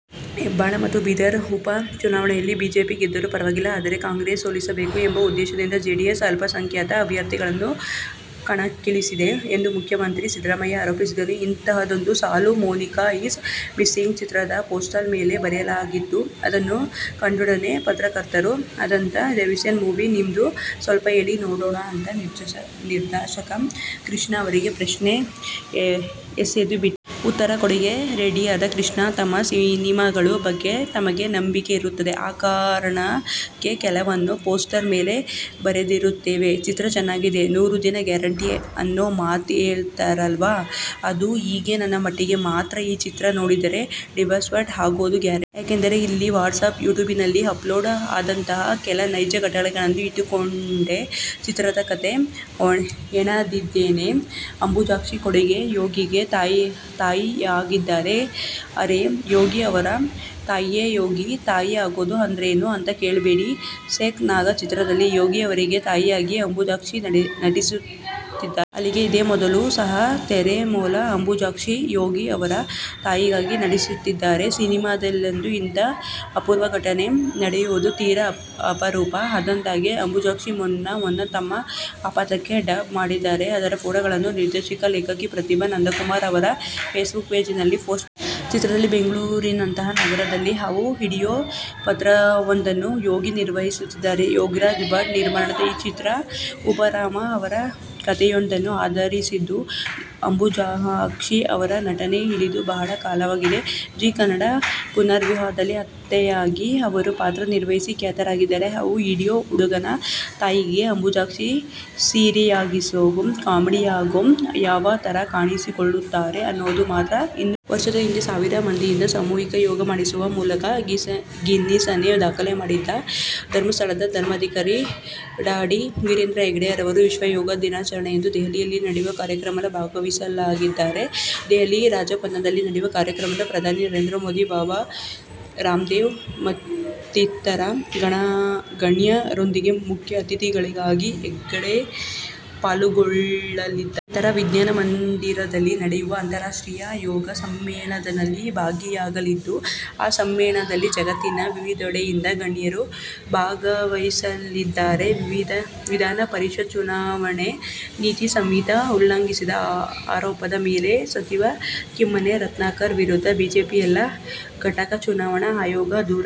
ಹೆಬ್ಟಾಳ ಮತ್ತು ಬೀದರ ಉಪ ಚುನಾವಣೆಯಲ್ಲಿ ಬಿಜೆಪಿ ಗೆದ್ದರೂ ಪರವಾಗಿಲ್ಲ. ಆದರೆ, ಕಾಂಗ್ರೆಸ್ನ್ನು ಸೋಲಿಸಬೇಕು ಎಂಬ ಉದ್ದೇಶದಿಂದ ಜೆಡಿಎಸ್ ಅಲ್ಪಸಂಖ್ಯಾತ ಅಭ್ಯರ್ಥಿಗಳನ್ನು ಕಣಕ್ಕಿಳಿಸಿದೆ ಎಂದು ಮುಖ್ಯಮಂತ್ರಿ ಸಿದ್ದರಾಮಯ್ಯ ಆರೋಪಿಸಿದರು. "ಇಂಥದ್ದೊಂದು ಸಾಲು "ಮೊನಿಕಾ ಈಸ್ ಮಿಸ್ಸಿಂಗ್' ಚಿತ್ರದ ಪೋಸ್ಟರ್ ಮೇಲೆ ಬರೆಯಲಾಗಿತ್ತು. ಅದನ್ನು ಕಂಡೊಡನೆ ಪತ್ರಕರ್ತರು, "ಅದೆಂಥಾ ಡಿಸ್ಟರ್ಬಿಂಗ್ ಮೂವೀ ನಿಮ್ದು, ಸ್ವಲ್ಪ ಹೇಳಿ ನೋಡೋಣ' ಅಂತ ನಿರ್ದೇಶಕ ಕೃಷ್ಣ ಅವರಿಗೆ ಪ್ರಶ್ನೆ ಎಸೆದೇಬಿಟ್ಟರು. ಉತ್ತರ ಕೊಡೋಕೆ ರೆಡಿಯಾದ ಕೃಷ್ಣ, "ತಮ್ಮ ಸಿನಿಮಾಗಳ ಬಗ್ಗೆ ತಮಗೆ ನಂಬಿಕೆ ಇರುತ್ತೆ. ಆ ಕಾರಣಕ್ಕೆ ಕೆಲವನ್ನು ಪೋಸ್ಟರ್ ಮೇಲೆ ಬರೆದಿರುತ್ತೇವೆ. ಚಿತ್ರ ಚೆನ್ನಾಗಿದೆ, ನೂರುದಿನ ಗ್ಯಾರಂಟಿ ಅನ್ನೋ ಮಾತು ಹೇಳ್ತಾರಲ್ವಾ. ಅದು ಹೀಗೆ, ನನ್ನ ಮಟ್ಟಿಗೆ ಮಾತ್ರ ಈ ಚಿತ್ರ ನೋಡಿದರೆ ಡಿಸ್ಟರ್ಬ್ ಆಗೋದು ಗ್ಯಾರಂಟಿ. ಯಾಕೆಂದರೆ, ಇಲ್ಲಿ ವಾಟ್ಸಾಪ್, ಯೂಟ್ಯೂಬ್ನಲ್ಲಿ ಅಪ್ಲೋಡ್ ಆದಂತಹ ಕೆಲ ನೈಜ ಘಟನೆಗಳನ್ನು ಇಟ್ಟುಕೊಂಡೇ ಚಿತ್ರದ ಕಥೆ ಹೆಣೆದಿದ್ದೇನೆ. ಅಂಬುಜಾಕ್ಷಿ ಕಡೆಗೂ "ಯೋಗಿ'ಗೆ ತಾಯಿಯಾಗಿದ್ದಾರೆ! ಅರೆ, ಯೋಗಿ ಅವರ ತಾಯಿಯೇ ಯೋಗಿಗೆ ತಾಯಿ ಆಗೋದು ಅಂದ್ರೇನು ಅಂತ ಕೇಳ್ಬೇಡಿ. "ಸ್ನೇಕ್ ನಾಗ' ಚಿತ್ರದಲ್ಲಿ ಯೋಗಿ ಅವರಿಗೆ ತಾಯಿಯಾಗಿ ಅಂಬುಜಾಕ್ಷಿ ನಟಿಸುತ್ತಿದ್ದಾರೆ. ಅಲ್ಲಿಗೆ ಇದೇ ಮೊದಲ ಸಲ ತೆರೆ ಮೇಲೂ ಅಂಬುಜಾಕ್ಷಿ ಯೋಗಿ ಅವರ ತಾಯಿಯಾಗಿ ನಟಿಸುತ್ತಿದ್ದಾರೆ. ಸಿನಿಮಾದಲ್ಲೊಂದು ಇಂಥ ಅಪೂರ್ವ ಘಟನೆ ನಡೆಯೋದು ತೀರ ಅಪರೂಪ. ಅಂದಹಾಗೆ, ಅಂಬುಜಾಕ್ಷಿ ಮೊನ್ನೆ ಮೊನ್ನೆ ತಮ್ಮ ಆ ಪಾತ್ರಕ್ಕೆ ಡಬ್ ಮಾಡಿದ್ದಾರೆ. ಅದರ ಫೋಟೋಗಳನ್ನು ನಿರ್ದೇಶಕಿ, ಲೇಖಕಿ ಪ್ರತಿಭಾ ನಂದಕುಮಾರ್ ಅವರು ಫೇಸ್ಬುಕ್ ಪೇಜ್ನಲ್ಲಿ ಪೋಸ್ಟ್ ಮಾಡಿದ್ದಾರೆ. ಚಿತ್ರದಲ್ಲಿ ಬೆಂಗಳೂರಿನಂಥ ನಗರದಲ್ಲಿ ಹಾವು ಹಿಡಿಯೋ ಪಾತ್ರವೊಂದನ್ನು ಯೋಗಿ ನಿರ್ವಹಿಸುತ್ತಿದ್ದಾರೆ. ಯೋಗರಾಜ್ ಭಟ್ ನಿರ್ಮಾಣದ ಈ ಚಿತ್ರ ಉಮಾರಾವ್ ಅವರ ಕತೆಯೊಂದನ್ನು ಆಧರಿಸಿದ್ದು. ಅಂಬುಜಾಕ್ಷಿ ಅವರು ನಟನೆಗೆ ಇಳಿದು ಬಹಳ ಕಾಲವಾಗಿದೆ. ಝಿ ಕನ್ನಡದ "ಪುನರ್ವಿವಾಹ'ದಲ್ಲಿ ಅತ್ತೆಯಾಗಿ ಅವರು ಪಾತ್ರ ನಿರ್ವಹಿಸಿ ಖ್ಯಾತರಾಗಿದ್ದಾರೆ. ಹಾವು ಹಿಡಿಯೋ ಹುಡುಗನ ತಾಯಿಯಾಗಿ ಅಂಬುಜಾಕ್ಷಿ ಸೀರಿಯಸ್ಸಾಗೋ, ಕಾಮಿಡಿಯಾಗೋ- ಯಾವ ಥರ ಕಾಣಿಸಿಕೊಳ್ತಾರೆ ಅನ್ನೋದು ಮಾತ್ರ ಇನ್ನೂ ಪತ್ತೆಯಾಗಿಲ್ಲ. ವರ್ಷದ ಹಿಂದೆ ಸಾವಿರ ಮಂದಿಯಿಂದ ಸಾಮೂಹಿಕ ಯೋಗ ಮಾಡಿಸುವ ಮೂಲಕ ಗಿನ್ನೆಸ್ ದಾಖಲೆ ಮಾಡಿದ್ದ ಧರ್ಮಸ್ಥಳದ ಧರ್ಮಾಧಿಕಾರಿ ಡಾ ಡಿ. ವೀರೇಂದ್ರ ಹೆಗ್ಗಡೆ ಅವರು ವಿಶ್ವ ಯೋಗ ದಿನಾಚರಣೆಯಂದು ದೆಹಲಿಯಲ್ಲಿ ನಡೆಯುವ ಕಾರ್ಯಕ್ರಮದಲ್ಲಿ ಭಾಗವಹಿಸಲಿದ್ದಾರೆ. ದೆಹಲಿಯ ರಾಜಪಥ್ನಲ್ಲಿ ನಡೆಯುವ ಕಾರ್ಯಕ್ರಮದಲ್ಲಿ ಪ್ರಧಾನಿ ನರೇಂದ್ರ ಮೋದಿ, ಬಾಬಾ ರಾಮ್ದೇವ್ ಮತ್ತಿತರ ಗಣ್ಯರೊಂದಿಗೆ ಮುಖ್ಯ ಅತಿಥಿಗಳಾಗಿ ಹೆಗ್ಗಡೆ ಪಾಲ್ಗೊಳ್ಳಲಿದ್ದಾರೆ. ನಂತರ ವಿಜ್ಞಾನ ಮಂದಿರದಲ್ಲಿ ನಡೆಯುವ ಅಂತಾರಾಷ್ಟ್ರೀಯ ಯೋಗ ಸಮ್ಮೇಳನದಲ್ಲೂ ಭಾಗಿಯಾಗಲಿದ್ದು, ಆ ಸಮ್ಮೇಳನದಲ್ಲಿ ಜಗತ್ತಿನ ವಿವಿಧೆಡೆಯಿಂದ ಗಣ್ಯರು ಭಾಗವಹಿಸಲಿದ್ದಾರೆ. ವಿಧಾನ ಪರಿಷತ್ ಚುನಾವಣೆ ನೀತಿ ಸಂಹಿತೆ ಉಲ್ಲಂಘಿಸಿದ ಆರೋಪದ ಮೇಲೆ ಸಚಿವ ಕಿಮ್ಮನೆ ರತ್ನಾಕರ್ ವಿರುದ್ಧ ಬಿಜೆಪಿ ಜಿಲ್ಲಾ ಘಟಕ ಚುನಾವಣಾ ಆಯೋಗಕ್ಕೆ ದೂರು ನೀಡಿದೆ.